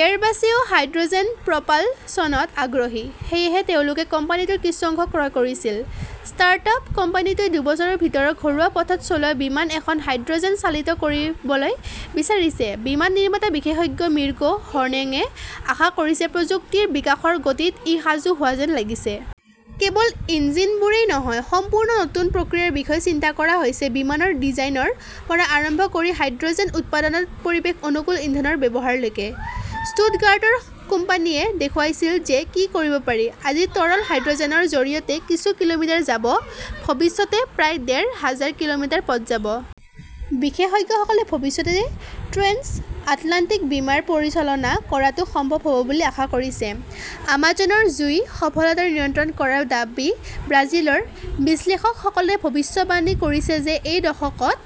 এয়াৰবাছেও hydrogen প্ৰপালচনত আগ্ৰহী। সেয়েহে তেওঁলোকে কোম্পানীটোৰ কিছু অংশ ক্ৰয় কৰিছিল। ষ্টাৰ্টআপ কোম্পানীটোৱে দুবছৰৰ ভিতৰত ঘৰুৱা পথত চলোৱা বিমান এখন হাইড্ৰ’জেন চালিত কৰিবলৈ বিচাৰিছে। বিমান নিৰ্মাতা বিশেষজ্ঞ মিৰ্কো হৰ্নঙে আশা কৰিছে, "প্ৰযুক্তিৰ বিকাশৰ গতিত ই সাজু হোৱা যেন লাগিছে।“ কেৱল ইঞ্জিনবোৰেই নহয়, সম্পূৰ্ণ নতুন প্ৰক্ৰিয়াৰ বিষয়ে চিন্তা কৰা হৈছে-বিমানৰ ডিজাইনৰ পৰা আৰম্ভ কৰি হাইড্ৰ’জেন উৎপাদনত পৰিৱেশ অনুকূল ইন্ধনৰ ব্যৱহাৰলৈকে। ষ্টুটগাৰ্টৰ কোম্পানীয়ে দেখুৱাইছে যে কি কৰিব পাৰি। আজি তৰল হাইড্ৰ’জেনৰ জৰিয়তে কিছু কিলোমিটাৰ যাব, ভৱিষ্যতে প্ৰায় ডেৰ হাজাৰ কিলোমিটাৰ পথ যাব। বিশেষজ্ঞসকলে ভৱিষ্যতে ট্ৰেন্স-আটলাণ্টিক বিমাৰ পৰিচালনা কৰাটোও সম্ভৱ হ’ব বুলি আশা কৰিছে। আমাজনৰ জুই সফলতাৰে নিয়ন্ত্ৰণ কৰাৰ দাবী ব্ৰাজিলৰ বিশ্লেষকসকলে ভৱিষ্যদ্বাণী কৰিছে যে এই দশকত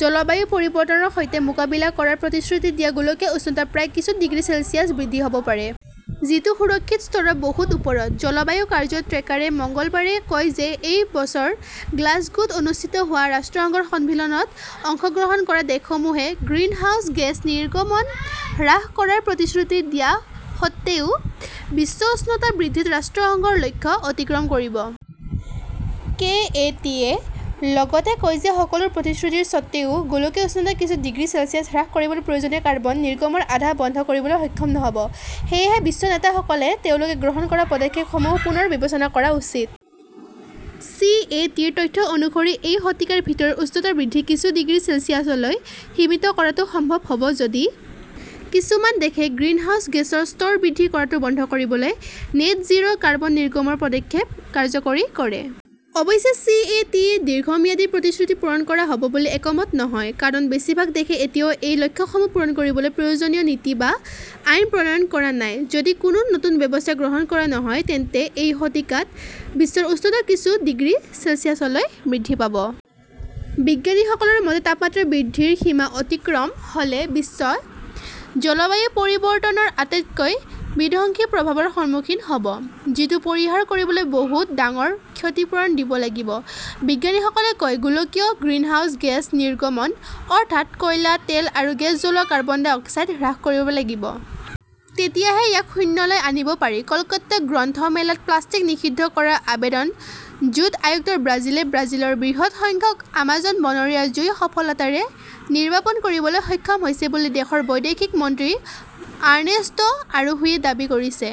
জলবায়ু পৰিৱৰ্তনৰ সৈতে মোকাবিলা কৰাৰ প্ৰতিশ্ৰুতি দিয়া গোলকীয় উষ্ণতা প্ৰায় কিছু ডিগ্ৰী চেলছিয়াছ বৃদ্ধি হ'ব পাৰে। যিটো সুৰক্ষিত স্তৰৰ বহুত ওপৰত। জলবায়ু কাৰ্য্য ট্ৰেকাৰে মঙলবাৰে কয় যে এই বছৰ গ্লাছগোত অনুষ্ঠিত হোৱা ৰাষ্ট্ৰসংঘৰ সন্মিলনত অংশগ্ৰহণ কৰা দেশসমূহে গ্ৰিনহাউজ গেছ নিৰ্গমন হ্ৰাস কৰাৰ প্ৰতিশ্ৰুতি দিয়া স্বত্বেও, বিশ্ব উষ্ণতা বৃদ্ধিত ৰাষ্ট্ৰসংঘৰ লক্ষ্য অতিক্ৰম কৰিব। কে. এ. টি. য়ে লগতে কয় যে সকলো প্ৰতিশ্ৰুতিৰ স্বত্বেও, গোলকীয় উষ্ণতা কিছু ডিগ্ৰী চেলছিয়াছ হ্ৰাস কৰিবলৈ প্ৰয়োজনীয় কাৰ্বন নিৰ্গমৰ আধা বন্ধ কৰিবলৈ সক্ষম নহ'ব। সেয়েহে বিশ্ব নেতাসকলে তেওঁলোকে গ্ৰহণ কৰা পদক্ষেপসমূহ পুনৰ বিবেচনা কৰা উচিত। চি. এ. টি. -ৰ তথ্য অনুসৰি, "এই শতিকাৰ ভিতৰত উষ্ণতা বৃদ্ধি কিছু ডিগ্ৰী চেলছিয়াছলৈ সীমিত কৰাটো সম্ভৱ হ’ব যদি কিছুমান দেশে গ্ৰীণহাউছ গেছৰ স্তৰ বৃদ্ধি কৰাটো বন্ধ কৰিবলৈ "নেট জিৰ কাৰ্বন নিৰ্গমন" পদক্ষেপ কাৰ্যকৰী কৰে। অৱশ্যে, চি. এ. টি. -য়ে দীৰ্ঘম্যাদী প্ৰতিশ্ৰুতি পূৰণ কৰা হ’ব বুলি একমত নহয়। কাৰণ বেছিভাগ দেশে এতিয়াও এই লক্ষ্যসমূহ পূৰণ কৰিবলৈ প্ৰয়োজনীয় নীতি বা আইন প্ৰণয়ন কৰা নাই। যদি কোনো নতুন ব্যৱস্থা গ্ৰহণ কৰা নহয়, তেন্তে এই শতিকাত বিশ্বৰ উষ্ণতা কিছু ডিগ্ৰী চেলছিয়াছলৈ বৃদ্ধি পাব। বিজ্ঞানীসকলৰ মতে, তাপমাত্ৰা বৃদ্ধিৰ সীমা অতিক্ৰম হ’লে বিশ্বই জলবায়ু পৰিৱৰ্তনৰ আটাইতকৈ বিধ্বংসী প্ৰভাৱৰ সন্মুখীন হ'ব। যিটো পৰিহাৰ কৰিবলৈ বহুত ডাঙৰ ক্ষতিপূৰণ দিব লাগিব। বিজ্ঞানীসকলে কয়, "গোলকীয় গ্ৰিনহাউজ গেছ নিৰ্গমন অৰ্থাৎ কয়লা, তেল আৰু গেছ জ্বলোৱা কাৰ্বন ডাই অক্সাইড হ্ৰাস কৰিব লাগিব। তেতিয়াহে ইয়াক শূন্যলৈ আনিব পাৰি। কলকাতা গ্ৰন্থ মেলাত প্লাষ্টিক নিষিদ্ধ কৰাৰ আবেদন জুট আয়ুক্তৰ ব্ৰাজিলে ব্ৰাজিলৰ বৃহৎ সংখ্যক আমাজন বনৰীয়া জুই সফলতাৰে নিৰ্বাপন কৰিবলৈ সক্ষম হৈছে বুলি দেশৰ বৈদেশিক মন্ত্ৰী আৰ্নেষ্টো অৰোহুৱে দাবী কৰিছে।